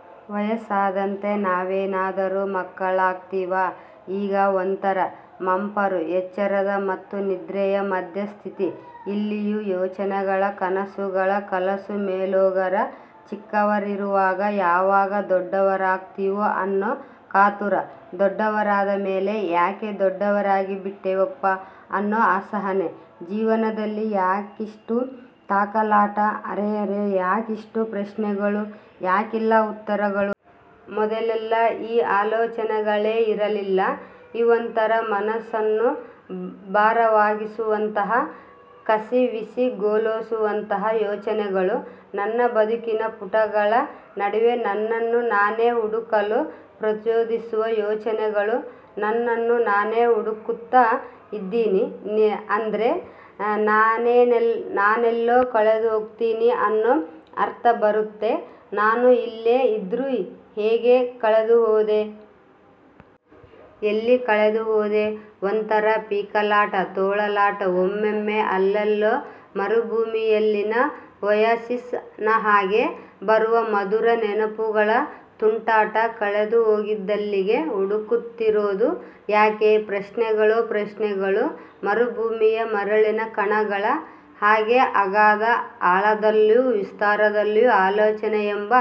" ವಯಸ್ಸಾದಂತೆ ನಾವೇನಾದರೂ ಮಕ್ಕಳಾಗ್ತೀವ? ಈಗ ಒಂಥರಾ ಮಂಪರುಎಚ್ಚರದ ಮತ್ತು ನಿದ್ರೆಯ ಮಧ್ಯ ಸ್ಥಿತಿ. ಇಲ್ಲಿಯೂ ಯೋಚನೆಗಳ, ಕನಸುಗಳ ಕಲಸುಮೇಲೋಗರ. ಚಿಕ್ಕವರಿರುವಾಗ ಯಾವಾಗ ದೊಡ್ದವರಾಗ್ತೀವೋ ಅನ್ನೋ ಕಾತುರ. ದೊಡ್ಡವರಾದ ಮೇಲೆ ಯಾಕೆ ದೊಡ್ಡವರಾಗಿಬಿಟ್ಟೆವಪ್ಪ ಅನ್ನೋ ಅಸಹನೆ. ಜೀವನದಲ್ಲಿ ಯಾಕಿಷ್ಟು ತಾಕಲಾಟ? ಅರೆರೆ ಯಾಕಿಷ್ಟು ಪ್ರಶ್ನೆಗಳು? ಯಾಕಿಲ್ಲ ಉತ್ತರಗಳು? ಮೊದಲೆಲ್ಲ ಈ ಆಲೋಚನೆಗಳೇ ಇರಲಿಲ್ಲ. ಇವೊಂತರ ಮನಸ್ಸನ್ನು ಭಾರವಾಗಿಸುವಂತಹ, ಕಸಿವಿಸಿಗೊಲೋಸುವಂತಹ ಯೋಚನೆಗಳು. ನನ್ನ ಬದುಕಿನ ಪುಟಗಳ ನಡುವೆ ನನ್ನನ್ನು ನಾನೇ ಹುಡುಕಲು ಪ್ರಚೋದಿಸುವ ಯೋಚನೆಗಳು. ನನ್ನನು ನಾನೇ ಹುಡುಕುತ್ತ ಇದ್ದೆನಿ ಅಂದ್ರೆ ನಾನೆಲ್ಲೋ ಕಳೆದುಹೊಗಿದ್ದೀನಿ ಅನ್ನೋ ಅರ್ಥ ಬರುತ್ತೆ. ನಾನು ಇಲ್ಲೇ ಇದ್ರೂ ಹೇಗೆ ಕಳೆದುಹೋದೆ? ಎಲ್ಲಿ ಕಳೆದುಹೋದೆ? ಒಂಥರಾ ಪೀಕಲಾಟ, ತೊಳಲಾಟ. ಒಮ್ಮೊಮ್ಮೆ ಅಲ್ಲೆಲ್ಲೋ ಮರುಭೂಮಿಯಲ್ಲಿನ ಓಯಸಿಸ್ ನ ಹಾಗೆ ಬರುವ ಮಧುರ ನೆನಪುಗಳ ತುಂಟಾಟ. ಕಳೆದುಹೊದದ್ದೆಲ್ಲಿಗೆ, ಹುಡುಕುತ್ತಿರೋದು ಯಾಕೆ? ಪ್ರಶ್ನೆಗಳೋ ಪ್ರಶ್ನೆಗಳು. ಮರುಭೂಮಿಯ ಮರಳಿನ ಕಣಗಳ ಹಾಗೆಅಗಾಧ ಅಳದಲ್ಲೂ, ವಿಸ್ತಾರದಲ್ಲೂ. ಆಲೋಚನೆಯೆಂಬ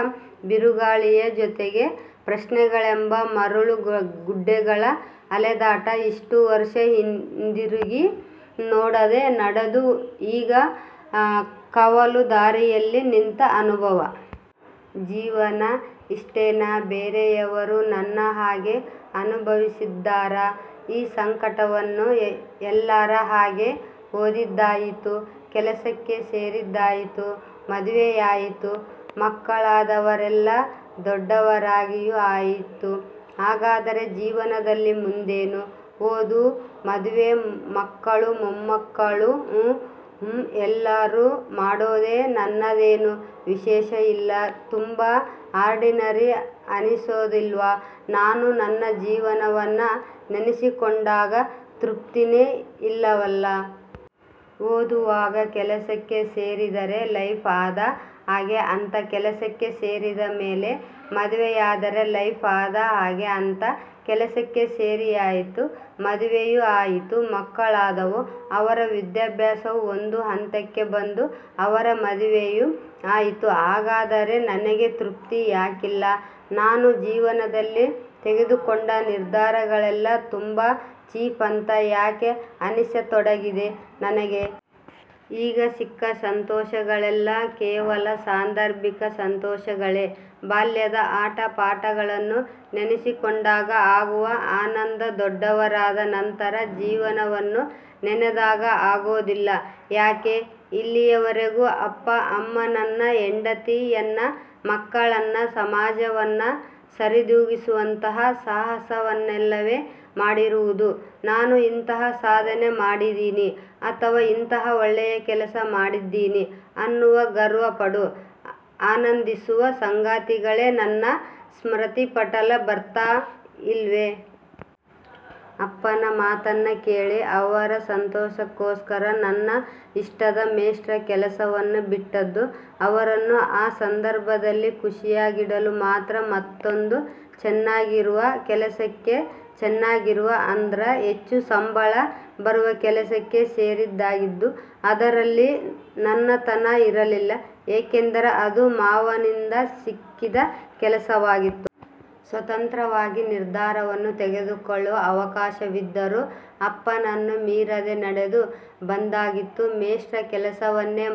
ಬಿರುಗಾಳಿಯ ಜೊತೆಗೆ ಪ್ರಶ್ನೆಗಳೆಂಬ ಮರಳುಗುಡ್ಡೆಗಳ ಅಲೆದಾಟ. ಇಷ್ಟು ವರ್ಷ ಹಿಂದಿರುಗಿ ನೋಡದೆ ನಡೆದು ಈಗ ಕವಲುದಾರಿಯಲ್ಲಿ ನಿಂತ ಅನುಭವ. ಜೀವನ ಇಷ್ಟೇನಾ? ಬೇರೆಯವರು ನನ್ನ ಹಾಗೆ ಅನುಭವಿಸಿದ್ದಾರ ಈ ಸಂಕಟವನ್ನು? ಎಲ್ಲರ ಹಾಗೆ ಓದಿದ್ದಾಯಿತು, ಕೆಲಸಕ್ಕೆ ಸೇರಿದ್ದಾಯಿತು, ಮದುವೆಯಾಯಿತು, ಮಕ್ಕಳಾದವುಅವರೆಲ್ಲ ದೊಡ್ದವರಾಗಿಯು ಆಯ್ತು. ಹಾಗಾದರೆ ಜೀವನದಲ್ಲಿ ಮುಂದೇನು? ಓದುಮದುವೆಮಕ್ಕಳುಮೊಮ್ಮಕ್ಕಳುಉಹುಂಎಲ್ಲರು ಮಾಡೋದೇ. ನನ್ನದೇನು ವಿಶೇಷ ಇಲ್ಲ. ತುಂಬ ಆರ್ಡಿನರಿ ಅನಿಸೋದಿಲ್ವಾ ನಾನು? ನನ್ನ ಜೀವನವನ್ನ ನೆನಸಿಕೊಂಡಾಗ ತ್ರುಪ್ತಿನೆ ಇಲ್ಲವಲ್ಲ! ಓದುವಾಗ ಕೆಲಸಕ್ಕೆ ಸೇರಿದರೆ ಲೈಫ್ ಆದ ಹಾಗೆ ಅಂತ ಕೆಲಸಕ್ಕೆ ಸೇರಿದ ಮೇಲೆ ಮದುವೆಯಾದರೆ ಲೈಫ್ ಆದ ಹಾಗೆ ಅಂತ. ಕೆಲಸಕ್ಕೆ ಸೇರಿಯಾಯಿತು, ಮದುವೆಯು ಆಯಿತು, ಮಕ್ಕಳಾದವು, ಅವರ ವಿದ್ಯಾಭ್ಯಾಸವು ಒಂದು ಹಂತಕ್ಕೆ ಬಂದು ಅವರ ಮದುವೆಯು ಆಯಿತು. ಹಾಗಾದರೆ ನನಗೆ ತೃಪ್ತಿ ಯಾಕಿಲ್ಲ? ನಾನು ಜೀವನದಲ್ಲಿ ತೆಗೆದುಕೊಂಡ ನಿರ್ಧಾರಗಳೆಲ್ಲ ತುಂಬ ಚೀಪ್ ಅಂತ ಯಾಕೆ ಅನಿಸತೊಡಗಿದೆ ನನಗೆ? ಆಗ ಸಿಕ್ಕ ಸಂತೋಷಗಳೆಲ್ಲ ಕೇವಲ ಸಾಂಧರ್ಭಿಕ ಸಂತೋಷಗಳೇ? ಬಾಲ್ಯದ ಆಟ ಪಾಠಗಳನ್ನು ನೆನೆಸಿಕೊಂಡಾಗ ಆಗುವ ಆನಂದದೊಡ್ಡವರಾದ ನಂತರ ಜೀವನವನ್ನು ನೆನೆದಾಗ ಆಗೋದಿಲ್ಲ ಯಾಕೆ? ಇಲ್ಲಿಯವರೆಗೂ ಅಪ್ಪ ಅಮ್ಮನನ್ನ, ಹೆಂಡತಿಯನ್ನ, ಮಕ್ಕಳನ್ನ, ಸಮಾಜವನ್ನ ಸರಿದೂಗಿಸುವಂತಹ ಸಾಹಸವನ್ನಲ್ಲವೇ ಮಾಡಿರಿವುದು? ನಾನು ಇಂತಹ ಸಾಧನೆ ಮಾಡಿದೀನಿ ಅಥವಾ ಇಂತಹ ಒಳ್ಳೆ ಕೆಲಸ ಮಾಡಿದ್ದೀನಿ ಅನ್ನುವ, ಗರ್ವಪಡುವ, ಆನಂದಿಸುವ ಸಂಗತಿಗಳೇ ನನ್ನ ಸ್ಮೃತಿಪಟಲಕ್ಕೆ ಬರ್ತಾ ಇಲ್ವೆ? ಅಪ್ಪನ ಮಾತನ್ನ ಕೇಳಿ ಅವರ ಸಂತೋಷಕ್ಕೋಸ್ಕರ ನನ್ನ ಇಷ್ಟದ ಮೇಷ್ಟ್ರ ಕೆಲಸವನ್ನ ಬಿಟ್ಟದ್ದು ಅವರನ್ನು ಆ ಸಂಧರ್ಭದಲ್ಲಿ ಖುಷಿಯಾಗಿಡಲು ಮಾತ್ರ. ಮತ್ತೊಂದು ಚೆನ್ನಾಗಿರುವ ಕೆಲಸಕ್ಕೆಚೆನ್ನಾಗಿರುವ ಅಂದ್ರೆ ಹೆಚ್ಚು ಸಂಬಳ ಬರುವ ಕೆಲಸಕ್ಕೆ ಸೇರಿದ್ದಾಗಿದ್ದ್ರು ಅದರಲ್ಲಿ ನನ್ನತನ ಇರಲಿಲ್ಲ. ಏಕೆಂದರೆ ಅದು ಮಾವನ ನಿಂದ ಸಿಕ್ಕಿದ ಕೆಲಸವಾಗಿತ್ತು. ಸ್ವತಂತ್ರವಾಗಿ ನಿರ್ಧಾರವನ್ನು ತೆಗೆದುಕೊಳ್ಳುವ ಅವಕಾಶವಿದ್ದರೂ ಅಪ್ಪನನ್ನು ಮೀರದೆ ನಡೆದು ಬಂದದ್ದಾಗಿತ್ತು. ಮೇಷ್ಟ್ರ ಕೆಲಸವನ್ನೇ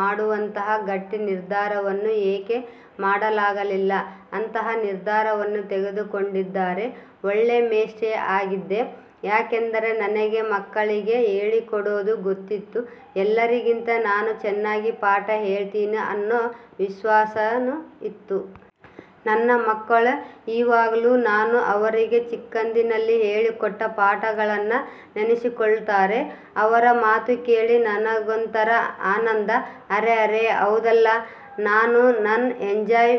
ಮಾಡುವಂತಹ ಗಟ್ಟಿ ನಿರ್ಧಾರವನ್ನು ಏಕೆ ಮಾಡಲಾಗಲಿಲ್ಲ? ಅಂತಹ ನಿರ್ಧಾರವನ್ನು ತೆಗೆದುಕೊಂಡಿದ್ದಾರೆ ಒಳ್ಳೆ ಮೇಷ್ಟ್ರೇ ಆಗ್ತಿದ್ದೆ. ಯಾಕೆಂದರೆ ನನಗೆ ಮಕ್ಕಳಿಗೆ ಹೇಳಿಕೊಡೋದು ಗೊತ್ತಿತ್ತು. ಎಲ್ಲರಿಗಿಂತ ನಾನು ಚೆನ್ನಾಗಿ ಪಾಠ ಹೇಳ್ತೀನಿ ಅನ್ನೋ ವಿಶ್ವಾಸಾನು ಇತ್ತು. ನನ್ನ ಮಕ್ಕಳು ಈವಾಗ್ಲು ನಾನು ಅವರಿಗೆ ಚಿಕ್ಕಂದಿನಲ್ಲಿ ಹೇಳಿಕೊಟ್ಟ ಪಾಠಗಳನ್ನ ನೆನೆಸಿಕೊಳ್ತಾರೆ. ಅವರ ಮಾತು ಕೇಳಿ ನನಗೊಂತರ ಆನಂದ. ಅರೆರೆ ಹೌದಲ್ಲ ನಾನು ನ ಎಂಜಾಯ್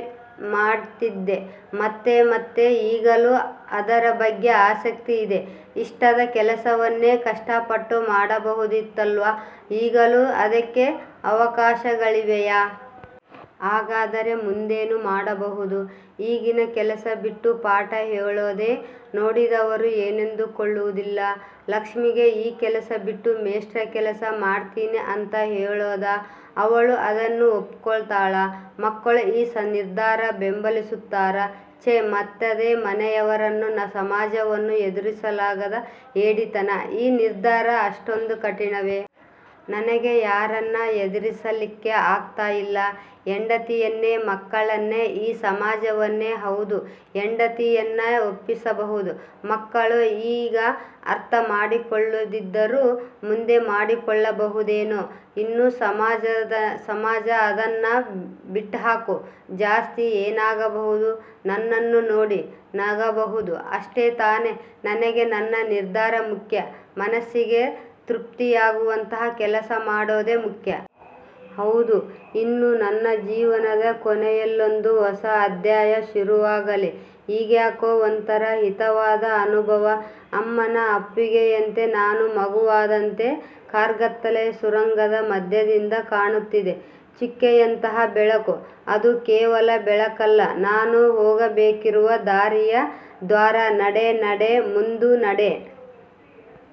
ಮಾಡ್ತಿದ್ದೆ ಮತ್ತೆ.. ಮತ್ತೆ ಈಗಲೂ ಅದರ ಬಗ್ಗೆ ಆಸಕ್ತಿ ಇದೆ. ಇಷ್ಟದ ಕೆಲಸವನ್ನೇ ಕಷ್ಟಪಟ್ಟು ಮಾಡಬಹುದಿತ್ತಲ್ವ? ಈಗಲೂ ಅದಕ್ಕೆ ಅವಕಾಶಗಳಿವೆಯಾ? ಹಾಗಾದರೆ ಮುಂದೇನು ಮಾಡಬಹುದು? ಈಗಿನ ಕೆಲಸ ಬಿಟ್ಟು ಪಾಠ ಹೇಳೋದೇ? ನೋಡಿದವರು ಏನೆಂದುಕೊಳ್ಳೋದಿಲ್ಲ. ಲಕ್ಷ್ಮಿಗೆ ಈ ಕೆಲಸ ಬಿಟ್ಟು ಮೇಷ್ಟ್ರ ಕೆಲಸ ಮಾಡ್ತೀನಿ ಅಂತ ಹೇಳೋದ? ಅವಳು ಅದನ್ನು ಒಪ್ಕೊತಾಳ? ಮಕ್ಕಳು ಈ ನಿರ್ಧಾರವನ್ನು ಬೆಂಬಲಿಸುತ್ತಾರ? ಛೆ ಮತ್ತದೇ ಮನೆಯವರನ್ನು, ಸಮಾಜವನ್ನು ಎದುರಿಸಲಾಗದ ಹೇಡಿತನ. ಈ ನಿರ್ಧಾರ ಅಷ್ಟೊಂದು ಕಠಿಣವೇ? ನನಗೆ ಯಾರನ್ನ ಎದುರಿಸಲಿಕ್ಕೆ ಆಗ್ತ ಇಲ್ಲ? ಹೆಂಡತಿಯನ್ನೇ? ಮಕ್ಕಳನ್ನೇ? ಈ ಸಮಾಜವನ್ನೇ? ಹೌದು ಹೆಂಡತಿಯನ್ನ ಒಪ್ಪಿಸಬಹುದು. ಮಕ್ಕಳು ಈಗ ಅರ್ಥ ಮಾಡಿಕೊಳ್ಳದಿದ್ದರೂ ಮುಂದೆ ಮಾಡಿಕೊಳ್ಳಬಹುದೇನೋ. ಇನ್ನು ಸಮಾಜಅದನ್ನ ಬಿಟ್ಹಾಕು. ಜಾಸ್ತಿ ಏನಾಗಬಹುದು? ನನ್ನನ್ನು ನೋಡಿ ನಗಬಹುದು. ಅಷ್ಟೆತಾನೆ. ನನಗೆ ನನ್ನ ನಿರ್ಧಾರ ಮುಖ್ಯ. ಮನಸ್ಸಿಗೆ ತ್ರುಪ್ತಿಯಗುವಂತ ಕೆಲಸ ಮಾಡೋದು ಮುಖ್ಯ. ಹೌದು ಇನ್ನು. ನನ್ನ ಜೀವನದ ಕೊನೆಯಲ್ಲೊಂದು ಹೊಸ ಅಧ್ಯಾಯ ಶುರುವಾಗಲಿ. ಈಗ್ಯಾಕೋ ಒಂಥರಾ ಹಿತವಾದ ಅನುಭವ ಅಮ್ಮನ ಅಪ್ಪುಗೆಯಂತೆ ನಾನು ಮಗುವಾದಂತೆ. ಕಾರ್ಗತ್ತಲೆಯ ಸುರಂಗದ ಮಧ್ಯದಿಂದ ಕಾಣುತ್ತಿದೆ ಚುಕ್ಕೆಯಂತಹ ಬೆಳಕು. ಅದು ಕೇವಲ ಬೆಳಕಲ್ಲ ನಾನು ಹೋಗಬೇಕಿರುವ ದಾರಿಯ ದ್ವಾರ. ನಡೆನಡೆನಡೆ ಮುಂದೆ ನಡೆ.